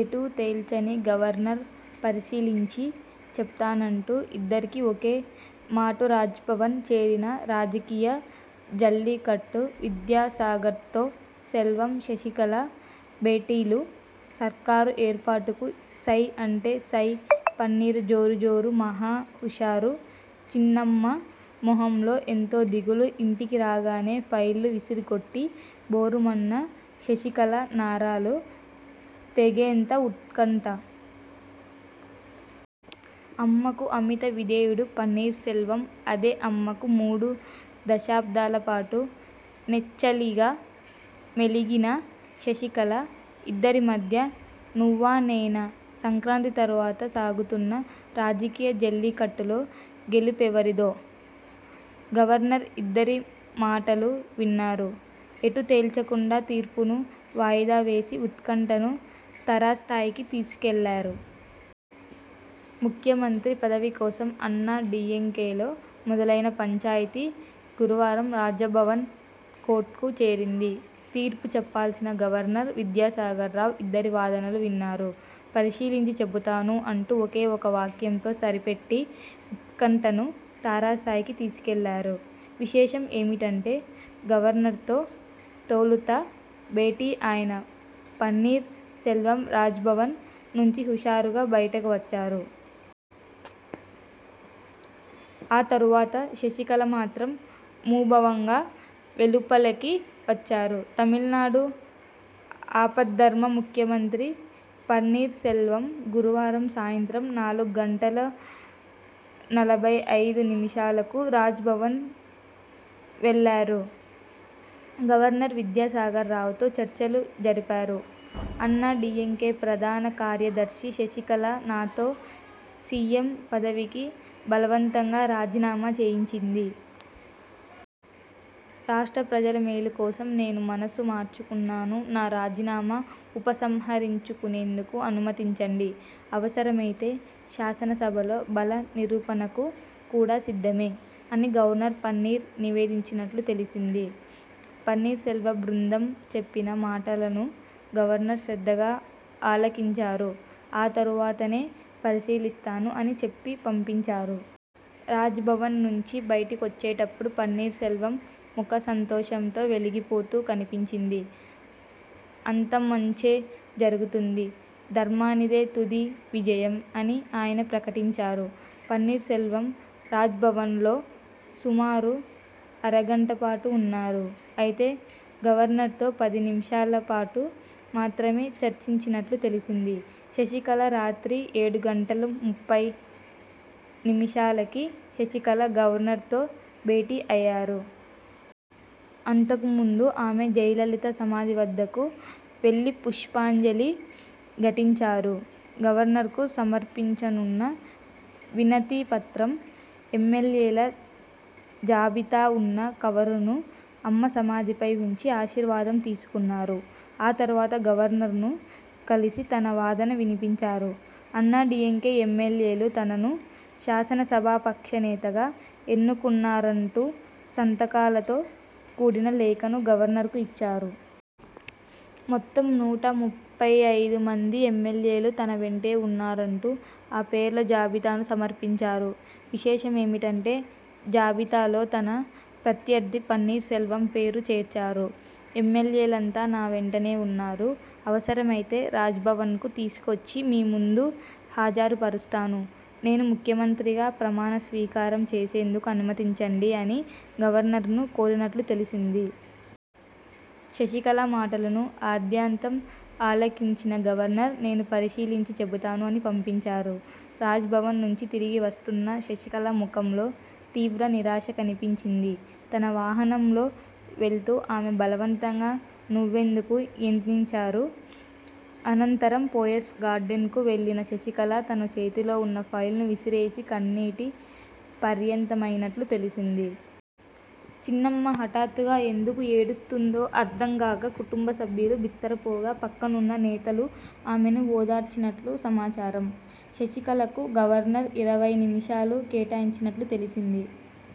ఎటూ తేల్చని గవర్నర్ పరిశీలించి చెప్తానంటూ ఇద్దరికీ ఒకే మాటరాజ్భవన్ చేరిన 'రాజకీయ జల్లికట్టు' విద్యాసాగర్తో సెల్వం, శశికళ భేటీలు సర్కారు ఏర్పాటుకు సై అంటే సై పన్నీరు జోరు జోరు మహా హుషారు చిన్నమ్మ మొహంలో ఎంతో దిగులు ఇంటికి రాగానే ఫైళ్లు విసిరికొట్టి భోరుమన్న శశికళ నరాలు తెగేంత ఉత్కంఠ! 'అమ్మ'కు అమిత విధేయుడు పన్నీర్ సెల్వం అదే అమ్మకు మూడు దశాబ్దాలపాటు నెచ్చెలిగా మెలిగిన శశికళ! ఇద్దరి మధ్య నువ్వానేనా! సంక్రాంతి తర్వాత సాగుతున్న 'రాజకీయ జల్లికట్టు'లో గెలుపెవరిదో! గవర్నర్ ఇద్దరి మాటలూ విన్నారు. ఎటూ తేల్చకుండా 'తీర్పు'ను వాయిదా వేసి ఉత్కంఠను తారస్థాయికి తీసుకెళ్లారు! ముఖ్యమంత్రి పదవి కోసం అన్నా డీఎంకేలో మొదలైన పంచాయితీ గురువారం రాజ్భవన్ 'కోర్టు'కు చేరింది. 'తీర్పు' చెప్పాల్సిన గవర్నర్ విద్యాసాగర్ రావు ఇద్దరి వాదనలు విన్నారు. 'పరిశీలించి చెబుతాను' అంటూ ఒకే ఒక్క వాక్యంతో సరిపెట్టి ఉత్కంఠను తారస్థాయికి తీసుకెళ్లారు. విశేషం ఏమిటంటే గవర్నర్తో తొలుత భేటీ అయిన పన్నీర్ సెల్వం రాజ్భవన్ నుంచి హుషారుగా బయటికి వచ్చారు. ఆ తర్వాత శశికళ మాత్రం ముభావంగా వెలుపలికి వచ్చారు. తమిళనాడు ఆపద్ధర్మ ముఖ్యమంత్రి పన్నీర్సెల్వం గురువారం సాయంత్రం నాలుగు గంటల నలభై ఐదు నిమిషాలకు రాజ్భవన్ వెళ్లారు. గవర్నర్ విద్యాసాగర్ రావుతో చర్చలు జరిపారు. ''అన్నాడీఎంకే ప్రధాన కార్యదర్శి శశికళ నాతో సీఎం పదవికి బలవంతంగా రాజీనామాచేయించింది. రాష్ట్ర ప్రజల మేలు కోసం నేను మనసు మార్చుకున్నాను. నా రాజీనామాను ఉపసంహరించుకునేందుకు అనుమతించండి. అవసరమైతే శాసనసభలో బల నిరూపణకు కూడా సిద్ధమే'' అని గవర్నర్కు పన్నీర్ నివేదించినట్లు తెలిసింది. పన్నీర్సెల్వం బృందం చెప్పిన మాటలను గవర్నర్ శ్రద్ధగా ఆలకించారు. ఆ తర్వాత'నేను పరిశీలిస్తాను' అని చెప్పి పంపించారు. రాజ్భవన నుంచి బయటికొచ్చేటప్పుడు పన్నీర్సెల్వం ముఖం సంతోషంతో వెలిగిపోతూ కనిపించింది. 'అంతా మంచే జరుగుతుంది. ధర్మానిదే తుది విజయం' అని ఆయన ప్రకటించారు. పన్నీర్ సెల్వం రాజ్భవన్లో సుమారు అరగంటపాటు ఉన్నారు. అయితే, గవర్నర్తో పది నిమిషాలపాటు మాత్రమే చర్చించినట్లు తెలిసింది. శశికళ రాత్రి ఏడు గంటల ముప్పై నిమిషాలకి శశికళ గవర్నర్తో భేటీ అయ్యారు. అంతకుముందు ఆమె జయలలిత సమాధి వద్దకు వెళ్లిపుష్పాంజలి ఘటించారు. గవర్నర్కు సమర్పించనున్న వినతిపత్రం, ఎమ్మెల్యేల జాబితా ఉన్న కవరును అమ్మ సమాధిపై ఉంచి ఆశీర్వాదం తీసుకున్నారు. ఆ తర్వాత గవర్నర్ను కలిసి తన వాదన వినిపించారు. అన్నా డీఎంకే ఎమ్మెల్యేలు తనను శాసనసభాపక్ష నేతగా ఎన్నుకున్నారంటూసంతకాలతో కూడిన లేఖను గవర్నర్కు ఇచ్చారు. మొత్తం నూట ముప్పై ఐదు మంది ఎమ్మెల్యేలు తన వెంటే ఉన్నారంటూ ఆ పేర్ల జాబితాను సమర్పించారు. విశేషమేమిటంటే జాబితాలో తన ప్రత్యర్థి పన్నీర్ సెల్వం పేరూ చేర్చేశారు. ''ఎమ్మెల్యేలంతా నా వెంటనే ఉన్నారు. అవసరమైతే రాజ్భవన్కు తీసుకొచ్చి మీముందు హాజరుపరుస్తాను. నేను ముఖ్యమంత్రిగా ప్రమాణ స్వీకారం చేసేందుకు అనుమతించండి'' అని గవర్నర్ను కోరినట్లు తెలిసింది. శశికళ మాటలను ఆద్యంతం ఆలకించిన గవర్నర్'నేను పరిశీలించి చెబుతాను' అని పంపించారు. రాజ్భవన్ నుంచి తిరిగి వస్తున్న శశికళ ముఖంలో తీవ్ర నిరాశ కనిపించింది. తన వాహనంలో వెళ్తూ ఆమె బలవంతంగా నవ్వేందుకు యత్నించారు. అనంతరం పోయెస్ గార్డెనకు వెళ్లిన శశికళ తన చేతిలో ఉన్న ఫైళ్లను విసిరేసి కన్నీటి పర్యంతమైనట్లు తెలిసింది. చిన్నమ్మ హఠాత్తుగా ఎందుకు ఏడుస్తున్నారో అర్థంగాక కుటుంబ సభ్యులు బిత్తరపోగా పక్కనున్న నేతలు ఆమెను ఓదార్చినట్లు సమాచారం. శశికళకు గవర్నర్ ఇరవై నిమిషాలు కేటాయించినట్లు తెలిసింది.